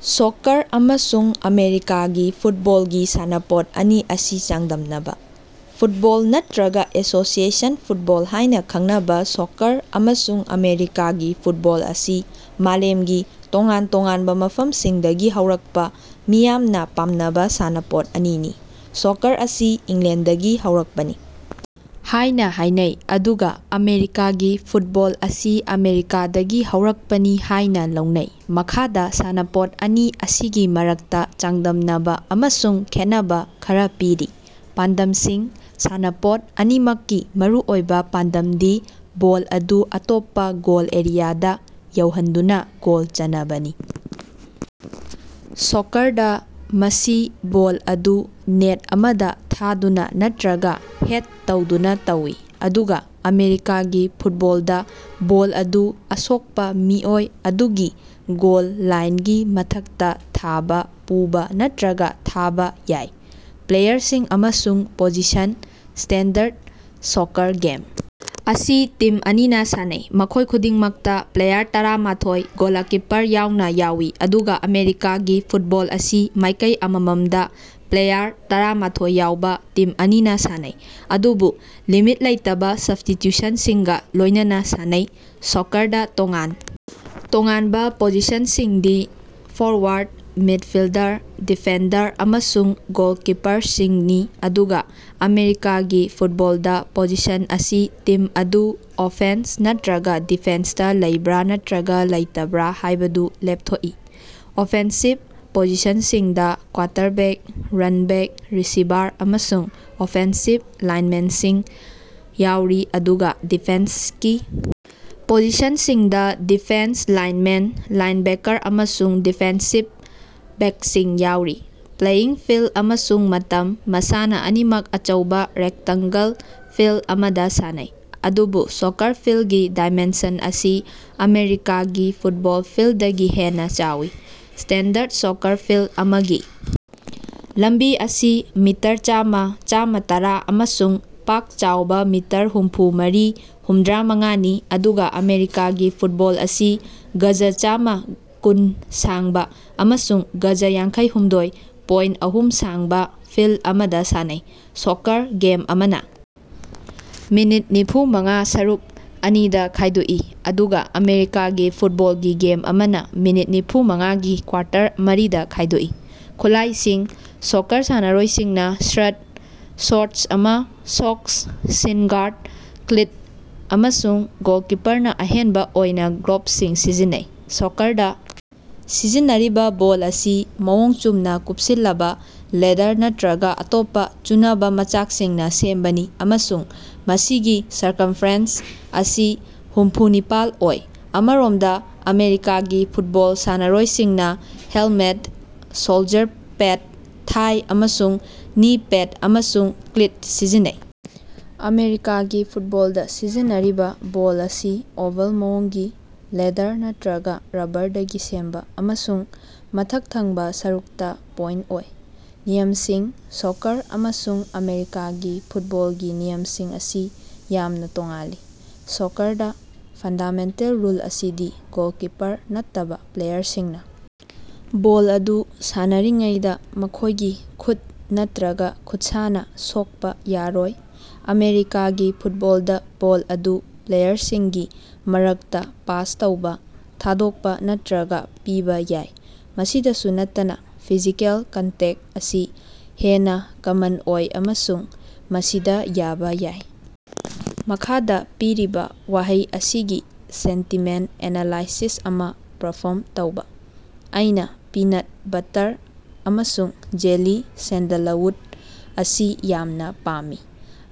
Soccer ꯑꯃꯁꯨꯡ ꯑꯃꯦꯔꯤꯀꯥꯒꯤ ꯐꯨꯠꯕꯣꯜꯒꯤ ꯁꯥꯟꯅꯄꯣꯠ ꯑꯅꯤ ꯑꯁꯤ ꯆꯥꯡꯗꯝꯅꯕ ꯫ ꯐꯨꯠꯕꯣꯜ ꯅꯠꯇꯔꯒ ꯑꯦꯁꯣꯁꯤꯑꯦꯁꯟ ꯐꯨꯠꯕꯣꯜ ꯍꯥꯏꯅ ꯈꯪꯅꯕ ꯁꯣꯀ꯭ꯔ ꯑꯃꯁꯨꯡ ꯑꯃꯦꯔꯤꯀꯥꯒꯤ ꯐꯨꯠꯕꯣꯜ ꯑꯁꯤ ꯃꯥꯂꯦꯝꯒꯤ ꯇꯣꯉꯥꯟ ꯇꯣꯉꯥꯟꯕ ꯃꯐꯝꯁꯤꯡꯗꯒꯤ ꯍꯧꯔꯛꯄ ꯃꯤꯌꯥꯝꯅ ꯄꯥꯝꯅꯕ ꯁꯥꯟꯅꯄꯣꯠ ꯑꯅꯤꯅꯤ꯫ ꯁꯣꯀ꯭ꯔ ꯑꯁꯤ ꯏꯪꯂꯦꯟꯗꯒꯤ ꯍꯧꯔꯛꯄꯅꯤ ꯍꯥꯏꯅ ꯍꯥꯏꯅꯩ, ꯑꯗꯨꯒ ꯑꯃꯦꯔꯤꯀꯥꯒꯤ ꯐꯨꯠꯕꯣꯜ ꯑꯁꯤ ꯑꯃꯦꯔꯤꯀꯥꯗꯒꯤ ꯍꯧꯔꯛꯄꯅꯤ ꯍꯥꯏꯅ ꯂꯧꯅꯩ꯫ ꯃꯈꯥꯗꯥ ꯁꯥꯟꯅꯄꯣꯠ ꯑꯅꯤ ꯑꯁꯤꯒꯤ ꯃꯔꯛꯇ ꯆꯥꯡꯗꯝꯅꯕ ꯑꯃꯁꯨꯡ ꯈꯦꯠꯅꯕ ꯈꯔ ꯄꯤꯔꯤ: ꯄꯥꯟꯗꯝꯁꯤꯡ: ꯁꯥꯟꯅꯄꯣꯠ ꯑꯅꯤꯃꯛꯀꯤ ꯃꯔꯨꯑꯣꯏꯕ ꯄꯥꯟꯗꯝꯗꯤ ꯕꯣꯜ ꯑꯗꯨ ꯑꯇꯣꯞꯄ ꯒꯣꯜ ꯑꯦꯔꯤꯌꯥꯗ ꯌꯧꯍꯟꯗꯨꯅ ꯒꯣꯜ ꯆꯟꯅꯕꯅꯤ꯫ ꯁꯣꯀ꯭ꯔꯗ, ꯃꯁꯤ ꯕꯣꯜ ꯑꯗꯨ ꯅꯦꯠ ꯑꯃꯗ ꯊꯥꯗꯨꯅ ꯅꯠꯇꯔꯒ ꯍꯦꯗ ꯇꯧꯗꯨꯅ ꯇꯧꯏ; ꯑꯗꯨꯒ ꯑꯃꯦꯔꯤꯀꯥꯒꯤ ꯐꯨꯠꯕꯣꯜꯗ ꯕꯣꯜ ꯑꯗꯨ ꯑꯁꯣꯛꯄ ꯃꯤꯑꯣꯏ ꯑꯗꯨꯒꯤ ꯒꯣꯜ ꯂꯥꯏꯟꯒꯤ ꯃꯊꯛꯇ ꯊꯥꯕ, ꯄꯨꯕ ꯅꯠꯇꯔꯒ ꯊꯥꯕ ꯌꯥꯏ꯫ ꯄ꯭ꯂꯦꯌꯔꯁꯤꯡ ꯑꯃꯁꯨꯡ ꯄꯣꯖꯤꯁꯟ: ꯁ꯭ꯇꯦꯟꯗꯔꯗ ꯁꯣꯀ꯭ꯔ ꯒꯦꯝ ꯑꯁꯤ ꯇꯤꯝ ꯑꯅꯤꯅ ꯁꯥꯟꯅꯩ, ꯃꯈꯣꯏ ꯈꯨꯗꯤꯡꯃꯛꯇ ꯄ꯭ꯂꯦꯌꯥꯔ ꯇꯔꯥ ꯃꯥꯊꯣꯏ (ꯒꯣꯂꯀꯤꯄ꯭ꯔ ꯌꯥꯎꯅ) ꯌꯥꯎꯏ, ꯑꯗꯨꯒ ꯑꯃꯦꯔꯤꯀꯥꯒꯤ ꯐꯨꯠꯕꯣꯜ ꯑꯁꯤ ꯃꯥꯏꯀꯩ ꯑꯃꯃꯝꯗ ꯄ꯭ꯂꯦꯌꯥꯔ ꯇꯔꯥ ꯃꯥꯊꯣꯏ ꯌꯥꯎꯕ ꯇꯤꯝ ꯑꯅꯤꯅ ꯁꯥꯟꯅꯩ, ꯑꯗꯨꯕꯨ ꯂꯤꯃꯤꯠ ꯂꯩꯇꯕ ꯁꯕ꯭ꯁ꯭ꯇꯤꯇ꯭ꯌꯨꯁꯟꯁꯤꯡꯒ ꯂꯣꯏꯅꯅ ꯁꯥꯟꯅꯩ꯫ ꯁꯣꯀ꯭ꯔꯗ ꯇꯣꯉꯥꯟ ꯇꯣꯉꯥꯟꯕ ꯄꯣꯖꯤꯁꯟꯁꯤꯡꯗꯤ- ꯐ꯭ꯣꯔꯋꯥꯔꯗ, ꯃꯤꯗꯐꯤꯜꯗꯔ, ꯗꯤꯐꯦꯟꯗꯔ ꯑꯃꯁꯨꯡ ꯒꯣꯜꯀꯤꯄꯔꯁꯤꯡꯅꯤ, ꯑꯗꯨꯒ ꯑꯃꯦꯔꯤꯀꯒꯤ ꯐꯨꯠꯕꯣꯜꯗ ꯄꯣꯖꯤꯁꯟ ꯑꯁꯤ ꯇꯤꯝ ꯑꯗꯨ ꯑꯣꯐꯦꯟꯁ ꯅꯠꯇꯔꯒ ꯗꯤꯐꯦꯟꯁꯇ ꯂꯩꯕꯔ ꯅꯠꯇꯔꯒ ꯂꯩꯇꯕꯔ ꯍꯥꯏꯕꯗꯨ ꯂꯦꯞꯊꯣꯛꯏ꯫ ꯑꯣꯐꯦꯟꯁꯤꯚ ꯄꯣꯖꯤꯁꯟꯁꯤꯡꯗ ꯀ꯭ꯋꯥꯇꯔꯕꯦꯛ, ꯔꯟꯕꯦꯛ, ꯔꯤꯁꯤꯚꯥꯔ ꯑꯃꯁꯨꯡ ꯑꯣꯐꯦꯟꯁꯤꯚ ꯂꯥꯏꯟꯃꯦꯟꯁꯤꯡ ꯌꯥꯎꯔꯤ, ꯑꯗꯨꯒ ꯗꯤꯐꯦꯟꯁꯀꯤ ꯄꯣꯖꯤꯁꯟꯁꯤꯡꯗ ꯗꯤꯐꯦꯟꯁ ꯂꯥꯏꯟꯃꯦꯟ, ꯂꯥꯏꯟꯕꯦꯀꯔ ꯑꯃꯁꯨꯡ ꯗꯤꯐꯦꯟꯁꯤꯚ ꯕꯦꯛꯁꯤꯡ ꯌꯥꯎꯔꯤ꯫ ꯄ꯭ꯂꯦꯌꯤꯡ ꯐꯤꯜꯗ ꯑꯃꯁꯨꯡ ꯃꯇꯝ: ꯃꯁꯥꯅ ꯑꯅꯤꯃꯛ ꯑꯆꯧꯕ ꯔꯦꯛꯇꯡꯒꯜ ꯐꯤꯜꯗ ꯑꯃꯗ ꯁꯥꯟꯅꯩ, ꯑꯗꯨꯕꯨ ꯁꯣꯀ꯭ꯔ ꯐꯤꯜꯒꯤ ꯗꯥꯏꯃꯦꯟꯁꯟ ꯑꯁꯤ ꯑꯃꯦꯔꯤꯀꯥꯒꯤ ꯐꯨꯠꯕꯣꯜ ꯐꯤꯜꯗꯗꯒꯤ ꯍꯦꯟꯅ ꯆꯥꯎꯏ꯫ ꯁ꯭ꯇꯦꯟꯗꯔꯗ ꯁꯣꯀ꯭ꯔ ꯐꯤꯜꯗ ꯑꯃꯒꯤ ꯂꯝꯕꯤ ꯑꯁꯤ ꯃꯤꯇꯔ ꯆꯥꯝꯃ- ꯆꯥꯝꯃ ꯇꯔꯥ ꯑꯃꯁꯨꯡ ꯄꯥꯛ ꯆꯥꯎꯕꯥ ꯃꯤꯇꯔ ꯍꯨꯝꯐꯨ ꯃꯥꯔꯤ-ꯍꯨꯝꯗꯔꯥ ꯃꯉꯥꯅꯤ, ꯑꯗꯨꯒꯥ ꯑꯃꯦꯔꯤꯀꯥꯒꯤ ꯐꯨꯠꯕꯣꯜ ꯑꯁꯤ ꯒꯖ ꯆꯥꯝꯃ ꯀꯨꯟ ꯁꯥꯡꯕꯥ ꯑꯃꯁꯨꯡ ꯒꯖ ꯌꯥꯡꯈꯩꯍꯨꯝꯗꯣꯏ ꯄꯣꯏꯟ ꯑꯍꯨꯝ ꯁꯥꯡꯕ ꯐꯤꯜꯗ ꯑꯃꯗ ꯁꯥꯟꯅꯩ꯫ ꯁꯣꯀ꯭ꯔ ꯒꯦꯝ ꯑꯃꯅ ꯃꯤꯅꯤꯠ ꯅꯤꯐꯨ ꯃꯉꯥ ꯁꯔꯨꯛ ꯑꯅꯤꯗ ꯈꯥꯏꯗꯣꯛꯏ ꯑꯗꯨꯒ ꯑꯃꯦꯔꯤꯀꯥꯒꯤ ꯐꯨꯠꯕꯣꯜꯒꯤ ꯒꯦꯝ ꯑꯃꯅ ꯃꯤꯅꯤꯠ ꯅꯤꯐꯨ ꯃꯉꯥꯒꯤ ꯀ꯭ꯋꯥꯔꯇꯔ ꯃꯔꯤꯗ ꯈꯥꯏꯗꯣꯛꯏ꯫ ꯈꯨꯠꯂꯥꯏꯁꯤꯡ: ꯁꯣꯀ꯭ꯔ ꯁꯥꯟꯅꯔꯣꯏꯁꯤꯡꯅ ꯁ꯭ꯔꯠ, ꯁ꯭ꯣꯔꯠꯁ ꯑꯃ, ꯁꯣꯛꯁ, ꯁꯤꯟ ꯒꯥꯔꯗ, ꯀ꯭ꯂꯤꯠ ꯑꯃꯁꯨꯡ ꯒꯣꯜꯀꯤꯄ꯭ꯔꯅ ꯑꯍꯦꯟꯕ ꯑꯣꯏꯅ ꯒ꯭ꯂꯣꯕꯁꯤꯡ ꯁꯤꯖꯤꯟꯅꯩ꯫ ꯁꯣꯀ꯭ꯔꯗ ꯁꯤꯖꯤꯟꯅꯔꯤꯕ ꯕꯣꯜ ꯑꯁꯤ ꯃꯑꯣꯡ ꯆꯨꯝꯅ ꯀꯨꯞꯁꯤꯜꯂꯕ, ꯂꯦꯗꯔ ꯅꯠꯇꯔꯒ ꯑꯇꯣꯞꯄ ꯆꯨꯅꯕ ꯃꯆꯥꯛꯁꯤꯡꯅ ꯁꯦꯝꯕꯅꯤ ꯑꯃꯁꯨꯡ ꯃꯁꯤꯒꯤ ꯁ꯭ꯔꯀꯝꯐꯦꯔꯦꯟꯁ ꯑꯁꯤ ꯍꯨꯝꯐꯨ ꯅꯤꯄꯥꯜ ꯑꯣꯏ꯫ ꯑꯃꯔꯣꯝꯗ ꯑꯃꯦꯔꯤꯀꯥꯒꯤ ꯐꯨꯠꯕꯣꯜ ꯁꯥꯟꯅꯔꯣꯏꯁꯤꯡꯅ ꯍꯦꯜꯃꯦꯠ, ꯁꯣꯜꯖ꯭ꯔ ꯄꯦꯗ, ꯊꯥꯏ ꯑꯃꯁꯨꯡ ꯅꯤ ꯄꯦꯗ, ꯑꯃꯁꯨꯡ ꯀ꯭ꯂꯤꯠ ꯁꯤꯖꯤꯟꯅꯩ꯫ ꯑꯃꯦꯔꯤꯀꯥꯒꯤ ꯐꯨꯠꯕꯣꯜꯗ ꯁꯤꯖꯤꯟꯅꯔꯤꯕ ꯕꯣꯜ ꯑꯁꯤ ꯑꯣꯚꯜ ꯃꯑꯣꯡꯒꯤ, ꯂꯦꯗ꯭ꯔ ꯅꯠꯇꯔꯒ ꯔ꯭ꯕꯕ꯭ꯔꯗꯒꯤ ꯁꯦꯝꯕ ꯑꯃꯁꯨꯡ ꯃꯊꯛ ꯊꯪꯕꯥ ꯁꯔꯨꯛꯇ ꯄꯣꯏꯟꯠ ꯑꯣꯏ꯫ ꯅꯤꯌꯝꯁꯤꯡ: ꯁꯣꯀ꯭ꯔ ꯑꯃꯁꯨꯡ ꯑꯃꯦꯔꯤꯀꯥꯒꯤ ꯐꯨꯠꯕꯣꯜꯒꯤ ꯅꯤꯌꯝꯁꯤꯡ ꯑꯁꯤ ꯌꯥꯝꯅ ꯇꯣꯉꯥꯜꯂꯤ꯫ ꯁꯣꯀ꯭ꯔꯗ, ꯐꯟꯗꯥꯃꯦꯟꯇꯦꯜ ꯔꯨꯜ ꯑꯁꯤꯗꯤ ꯒꯣꯜꯀꯤꯄꯔ ꯅꯠꯇꯕ ꯄ꯭ꯂꯦꯌꯔꯁꯤꯡꯅ ꯕꯣꯜ ꯑꯗꯨ ꯁꯥꯟꯅꯔꯤꯉꯩꯗ ꯃꯈꯣꯏꯒꯤ ꯈꯨꯠ ꯅꯠꯇꯔꯒ ꯈꯨꯠꯁꯥꯅ ꯁꯣꯛꯄ ꯌꯥꯔꯣꯏ꯫ ꯑꯃꯦꯔꯤꯀꯥꯒꯤ ꯐꯨꯠꯕꯣꯜꯗ ꯕꯣꯜ ꯑꯗꯨ ꯄ꯭ꯂꯦꯌ꯭ꯔꯁꯤꯡꯒꯤ ꯃꯔꯛꯇ ꯄꯥꯁ ꯇꯧꯕ, ꯊꯥꯗꯣꯛꯄ ꯅꯠꯇꯔꯒ ꯄꯤꯕꯥ ꯌꯥꯏ꯫ ꯃꯁꯤꯗꯁꯨ ꯅꯠꯇꯅ, ꯐꯤꯖꯤꯀꯦꯜ ꯀꯟꯇꯦꯛ ꯑꯁꯤ ꯍꯦꯟꯅ ꯀꯃꯟ ꯑꯣꯏ ꯑꯃꯁꯨꯡ ꯃꯁꯤꯗ ꯌꯥꯕ ꯌꯥꯏ꯫ ꯃꯈꯥꯗ ꯄꯤꯔꯤꯕ ꯋꯥꯍꯩ ꯑꯁꯤꯒꯤ ꯁꯦꯟꯇꯤꯃꯦꯟꯠ ꯑꯦꯅꯥꯂꯥꯏꯁꯤꯁ ꯑꯃ ꯄ꯭ꯔꯐ꯭ꯣꯔꯝ ꯇꯧꯕ꯫ ꯑꯩꯅ ꯄꯤꯅꯠ ꯕꯠꯇ꯭ꯔ ꯑꯃꯁꯨꯡ ꯖꯦꯂꯤ ꯁꯦꯟꯗꯂꯋꯨꯗ ꯑꯁꯤ ꯌꯥꯝꯅ ꯄꯥꯝꯃꯤ꯫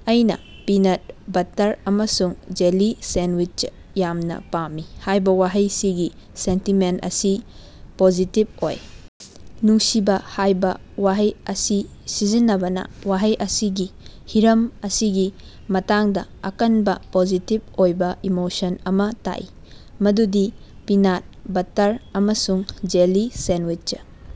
"ꯑꯩꯅꯥ ꯄꯤꯅꯠ ꯕꯠꯇ꯭ꯔ ꯑꯃꯁꯨꯡ ꯖꯦꯂꯤ ꯁꯦꯟꯋꯤꯆ ꯌꯥꯝꯅ ꯄꯥꯝꯃꯤ" ꯍꯥꯏꯕ ꯋꯥꯍꯩ ꯑꯁꯤꯒꯤ ꯁꯦꯟꯇꯤꯃꯦꯟꯠ ꯑꯁꯤ ꯄꯣꯖꯤꯇꯤꯕ ꯑꯣꯏ꯫ "ꯅꯨꯡꯁꯤꯕꯥ" ꯍꯥꯏꯕ ꯋꯥꯍꯩ ꯑꯁꯤ ꯁꯤꯖꯤꯟꯅꯕꯅ ꯋꯥꯍꯩ ꯑꯁꯤꯒꯤ ꯍꯤꯔꯝ ꯑꯁꯤꯒꯤ ꯃꯇꯥꯡꯗ ꯑꯀꯟꯕ ꯄꯣꯖꯤꯇꯤꯕ ꯑꯣꯏꯕ ꯏꯃꯣꯁꯟ ꯑꯃ ꯇꯥꯛꯏ, ꯃꯗꯨꯗꯤ ꯄꯤꯅꯥꯠ ꯕꯠꯇꯔ ꯑꯃꯁꯨꯡ ꯖꯦꯂꯤ ꯁꯦꯟꯋꯤꯆ꯫